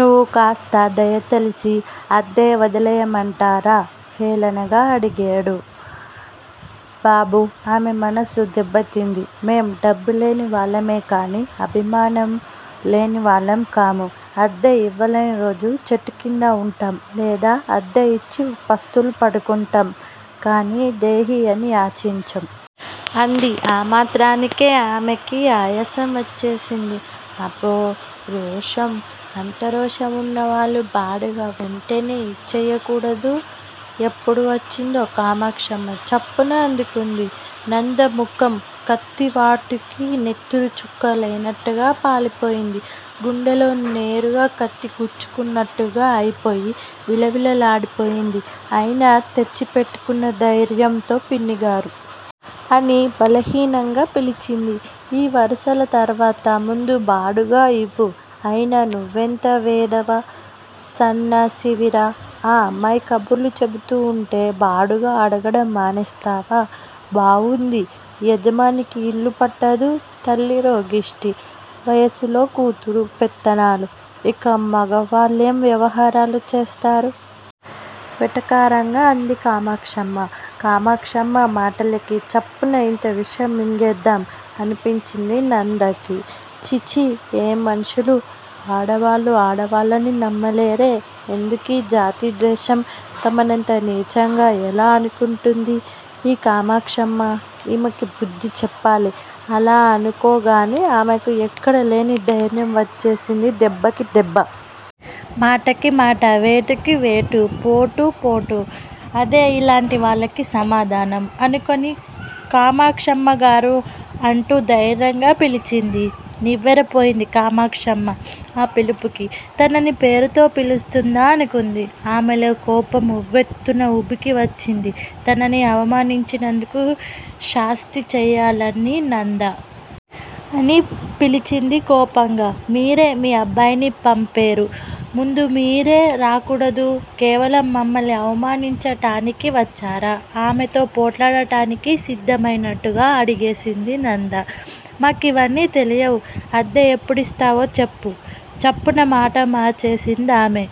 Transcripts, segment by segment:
నువ్వు కాస్త దయతలచి- అద్దె వదిలెయ్యమంటారా! హేళనగా అడిగేడు. బాబూ ఆమె మనస్సు దెబ్బతింది. మేం డబ్బులేని వాళ్ళమే కానీ అభిమానం లేని వాళ్ళం కాము. అద్దె ఇవ్వలేని రోజు చెట్టు కింద ఉంటాం. లేదా అద్దె ఇచ్చి పస్తులు పడుకుంటాం. కానీ దేహీ అని యాచించం! అంది. ఆ మాత్రానికే ఆమెకి ఆయాసం వచ్చేసింది. అబ్బో! రోషం! అంత రోషం వున్నవాళ్ళు బాడుగ వెంటనే ఇచ్చెయ్యకూడదూ! ఎప్పుడు వచ్చిందో కామాక్షమ్మ చప్పున అందుకుంది. నంద ముఖం కత్తి వాటుకి నెత్తురు చుక్క లేనట్టుగా పాలిపోయింది! గుండెల్లో నేరుగా కత్తి గుచ్చినట్టుగా అయిపోయి, విలవిల్లాడిపోయింది అయినా తెచ్చిపెట్టుకున్న ధైర్యంతో పిన్నిగారూ! అని బలహీనంగా పిలిచింది. ఈ వరుసలు తరువాత! ముందు బాడుగ ఇవ్వు! అయినా నువ్వెంత వెధవ సన్నాసివిరా! ఆ అమ్మాయి కబుర్లు చెబుతూ వుంటే బాడుగ అడగడం మానేస్తావా? బావుంది! యజమానికి ఇల్లు పట్టదు. తల్లి రోగిష్టి! వయసులో కూతురు పెత్తనాలు! ఇక మగవాళ్ళేం వ్యవహారాలు చేస్తారు! వెటకారంగా అంది కామాక్షమ్మ. కామాక్షమ్మ మాటలకి చప్పున ఇంత విషం మింగేద్దాం అనిపించింది నందకి. ఛీ! ఛీ! ఏం మనుషులు! ఆడవాళ్ళు ఆడవాళ్ళని నమ్మలేరే! ఎందుకీ జాతి ద్వేషం! తమనంత నీచంగా ఎలా అనుకుంటుంది ఈ కామాక్షమ్మ. ఈమెకి బుద్ది చెప్పాలి! అలా అనుకోగానే ఆమెకి ఎక్కడలేని ధైర్యం వచ్చేసింది దెబ్బకి దెబ్బ! మాటకి మాట! వేటుకి వేటు! పోటు పోటు! అదే యిలాంటి వాళ్ళకి సమాధానం అనుకుని కామాక్షమ్మగారూ అంటూ ధైర్యంగా పిలిచింది. నివ్వెరపోయింది కామాక్షమ్మ ఆ పిలుపుకి. తనని పేరుతో పిలుస్తుందా అనుకుంది. ఆమెలో కోపం ఉవ్వెత్తున ఉబికి వచ్చింది. తనని అవమానించినందుకు శాస్తి చేయాలని నందా! అని పిలిచింది కోపంగా. మీరే మీ అబ్బాయిని పంపేరు. ముందే మీరే రాకూడదూ? కేవలం మమ్మల్ని అవమానించటానికి వచ్చారా? ఆమెతో పోట్లాడటానికి సిద్దమైనట్టుగా అడిగేసింది నంద. మాకీవన్ని తెలియవు? అద్దె ఎప్పుడిస్తావో చెప్పు! చప్పున మాట మార్చేసిందామె.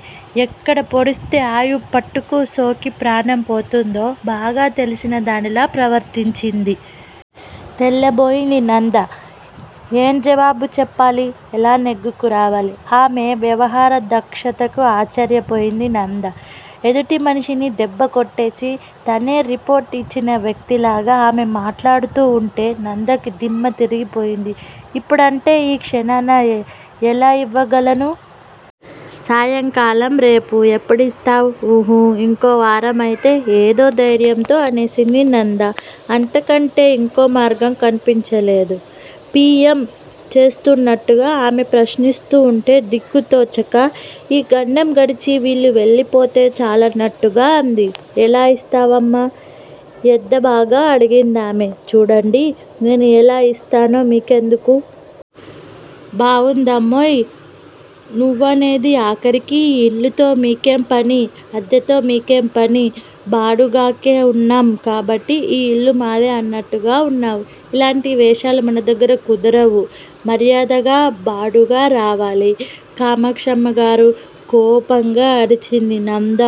ఎక్కడ పొడిస్తే ఆయువు పట్టుకి సోకి ప్రాణం పోతుందో బాగా తెలిసిన దానిలా ప్రవర్తించింది. తెల్లబోయింది నంద! ఏం జవాబు చెప్పాలి! ఎలా నెగ్గుకు రావాలి? ఆమె వ్యవహార దక్షతకి ఆశ్చర్యపోయింది నంద! ఎదుటి మనిషిని దెబ్బ కొట్టేసి తనే రిపోర్టు ఇచ్చిన వ్యక్తిలాగా ఆమె మాట్లాడుతూ వుంటే నందకి దిమ్మ తిరిగి పోయింది. ఇప్పుడంటే ఈ క్షణాన ఎలా ఇవ్వగలను? సాయంకాలం- రేపు ఎప్పుడిస్తావ్? ఊహూ! ఇంకో వారం అయితే! ఏదో ధైర్యంతో అనేసింది నంద. అంతకంటే యింకోమార్గం కన్పించలేదు. పి. యం. చేస్తోన్నట్టుగా ఆమె ప్రశ్నిస్తోవుంటే దిక్కుతోచక, ఈ గండం గడిచి వీళ్ళు వెళ్ళిపోతే చాలన్నట్టుగా అంది. ఎలా ఇస్తావమ్మా! ఎద్దేవాగా అడిగిందామె. చూడండి! నేను ఎలా ఇస్తానో మీకెందుకు? బావుందమ్మోయ్! నువ్వనేది ఆఖరికి ఈ ఇల్లుతో మీకేం పని? అద్దెతో మీకేం పని? బాడుగకే ఉన్నాం కాబట్టి ఈ ఇల్లు మాదే అన్నట్టుగా వున్నావు. ఇలాంటి వేషాలు మన దగ్గర కుదరవు. మర్యాదగా బాడుగ రావాలి! కామాక్షమ్మగారూ! కోపంగా అరిచింది నంద!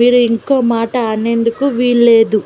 మీరు ఇంకో మాట అనేందుకు వీల్లేదు.